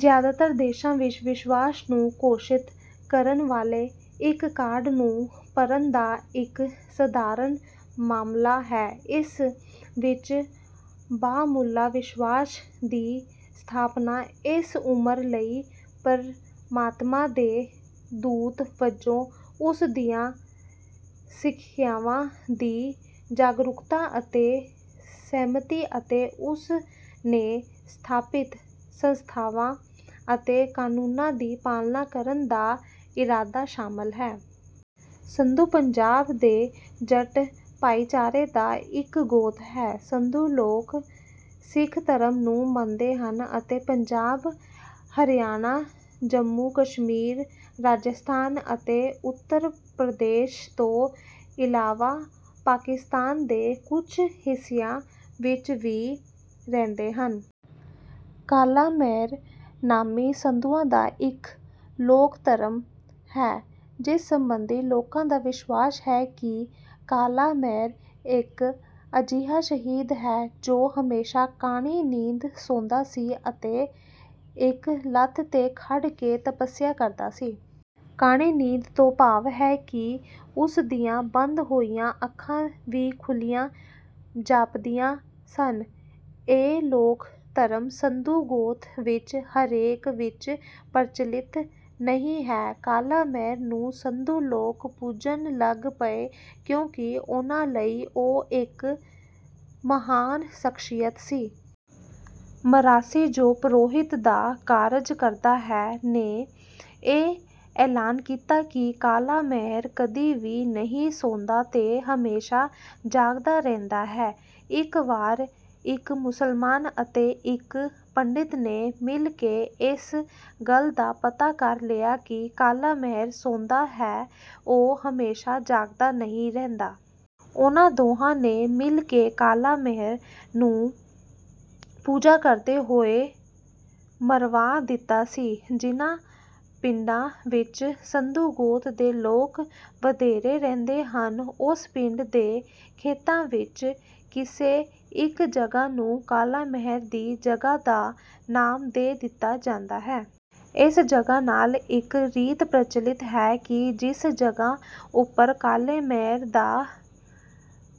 ਜ਼ਿਆਦਾਤਰ ਦੇਸ਼ਾਂ ਵਿੱਚ ਵਿਸ਼ਵਾਸ ਨੂੰ ਘੋਸ਼ਿਤ ਕਰਨ ਵਾਲੇ ਇੱਕ ਕਾਰਡ ਨੂੰ ਭਰਨ ਦਾ ਇੱਕ ਸਧਾਰਨ ਮਾਮਲਾ ਹੈ। ਇਸ ਵਿੱਚ ਬਾਹਮੁੱਲਾ ਵਿਸ਼ਵਾਸ ਦੀ ਸਥਾਪਨਾ ਇਸ ਉਮਰ ਲਈ ਪਰਮਾਤਮਾ ਦੇ ਦੂਤ ਵਜੋਂ, ਉਸ ਦੀਆਂ ਸਿਖਿਆਵਾਂ ਦੀ ਜਾਗਰੂਕਤਾ ਅਤੇ ਸਹਿਮਤੀ, ਅਤੇ ਉਸ ਨੇ ਸਥਾਪਿਤ ਸੰਸਥਾਵਾਂ ਅਤੇ ਕਾਨੂੰਨਾਂ ਦੀ ਪਾਲਣਾ ਕਰਨ ਦਾ ਇਰਾਦਾ ਸ਼ਾਮਲ ਹੈ। ਸੰਧੂ ਪੰਜਾਬ ਦੇ ਜੱਟ ਭਾਈਚਾਰੇ ਦਾ ਇਕ ਗੋਤ ਹੈ। ਸੰਧੂ ਲੋਕ ਸਿੱਖ ਧਰਮ ਨੂੰ ਮੰਨਦੇ ਹਨ ਅਤੇ ਪੰਜਾਬ, ਹਰਿਆਣਾ, ਜੰਮੂ-ਕਸ਼ਮੀਰ, ਰਾਜਸਥਾਨ ਅਤੇ ਉੱਤਰ ਪ੍ਰਦੇਸ਼ ਤੋਂ ਇਲਾਵਾ ਪਾਕਿਸਤਾਨ ਦੇ ਕੁਝ ਹਿੱਸਿਆਂ ਵਿੱਚ ਵੀ ਰਹਿੰਦੇ ਹਨ। ਕਾਲਾ ਮਹਿਰ ਨਾਮੀ ਸੰਧੂਆਂ ਦਾ ਇੱਕ ਲੋਕ ਧਰਮ ਹੈ ਜਿਸ ਸਬੰਧੀ ਲੋਕਾਂ ਦਾ ਵਿਸ਼ਵਾਸ ਹੈ ਕਿ ਕਾਲਾ ਮਹਿਰ ਇੱਕ ਅਜਿਹਾ ਸ਼ਹੀਦ ਹੈ ਜੋ ਹਮੇਸ਼ਾ ਕਾਣੀ ਨੀਂਦ ਸੌਂਦਾ ਸੀ ਅਤੇ ਇੱਕ ਲੱਤ ਤੇ ਖੜ੍ਹ ਕੇ ਤੱਪਸਿਆ ਕਰਦਾ ਸੀ। ਕਾਣੀ ਨੀਂਦ ਤੋਂ ਭਾਵ ਹੈ ਕਿ ਉਸ ਦੀਆਂ ਬੰਦ ਹੋਈਆਂ ਅੱਖਾਂ ਵੀ ਖੁੱਲੀਆਂ ਜਾਪਦੀਆਂ ਸਨ। ਇਹ ਲੋਕ ਧਰਮ ਸੰਧੂ ਗੋਤ ਵਿੱਚ ਹਰੇਕ ਵਿੱਚ ਪ੍ਰਚਲਿਤ ਨਹੀਂ ਹੈ। ਕਾਲਾ ਮਹਿਰ ਨੂੰ ਸੰਧੂ ਲੋਕ ਪੁਜਣ ਲੱਗ ਪਏ ਕਿਉਂਕਿ ਉਨ੍ਹਾਂ ਲਈ ਉਹ ਇੱਕ ਮਹਾਨ ਸਖਸ਼ੀਅਤ ਸੀ। ਮਰਾਸੀ, ਜੋ ਪ੍ਰੋਹਿਤ ਦਾ ਕਾਰਜ ਕਰਦਾ ਹੈ, ਨੇ ਇਹ ਐਲਾਨ ਕੀਤਾ ਕਿ ਕਾਲਾ ਮਹਿਰ ਕਦੀ ਵੀ ਨਹੀਂ ਸੌਂਦਾ ਤੇ ਹਮੇਸ਼ਾ ਜਾਗਦਾ ਰਹਿੰਦਾ ਹੈ। ਇੱਕ ਵਾਰ ਇੱਕ ਮੁਸਲਮਾਨ ਅਤੇ ਇੱਕ ਪੰਡਿਤ ਨੇ ਮਿਲ ਕੇ ਇਸ ਗੱਲ ਦਾ ਪਤਾ ਕਰ ਲਿਆ ਕਿ "ਕਾਲਾ ਮਹਿਰ" ਸੌਂਦਾ ਹੈ ਉਹ ਹਮੇਸ਼ਾ ਜਾਗਦਾ ਨਹੀਂ ਰਹਿੰਦਾ। ਉਹਨਾਂ ਦੋਹਾਂ ਨੇ ਮਿਲ ਕੇ ਕਾਲਾ ਮਹਿਰ ਨੂੰ ਪੂਜਾ ਕਰਦੇ ਹੋਏ ਮਰਵਾ ਦਿੱਤਾ ਸੀ। ਜਿਨ੍ਹਾਂ ਪਿੰਡਾਂ ਵਿੱਚ ਸੰਧੂ ਗੋਤ ਦੇ ਲੋਕ ਵਧੇਰੇ ਰਹਿੰਦੇ ਹਨ ਉਸ ਪਿੰਡ ਦੇ ਖੇਤਾਂ ਵਿੱਚ ਕਿਸੇ ਇੱਕ ਜਗ੍ਹਾਂ ਨੂੰ "ਕਾਲਾ ਮਹਿਰ" ਦੀ ਜਗ੍ਹਾਂ ਦਾ ਨਾਮ ਦੇ ਦਿੱਤਾ ਜਾਂਦਾ ਹੈ। ਇਸ ਜਗ੍ਹਾਂ ਨਾਲ ਇੱਕ ਰੀਤ ਪ੍ਰਚਲਿਤ ਹੈ ਕਿ ਜਿਸ ਜਗ੍ਹਾਂ ਉੱਪਰ ਕਾਲੇ ਮਹਿਰ ਦਾ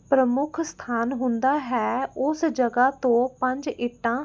ਪ੍ਰਮੁੱਖ ਸਥਾਨ ਹੁੰਦਾ ਹੈ ਉਸ ਜਗ੍ਹਾਂ ਤੋਂ ਪੰਜ ਇੱਟਾਂ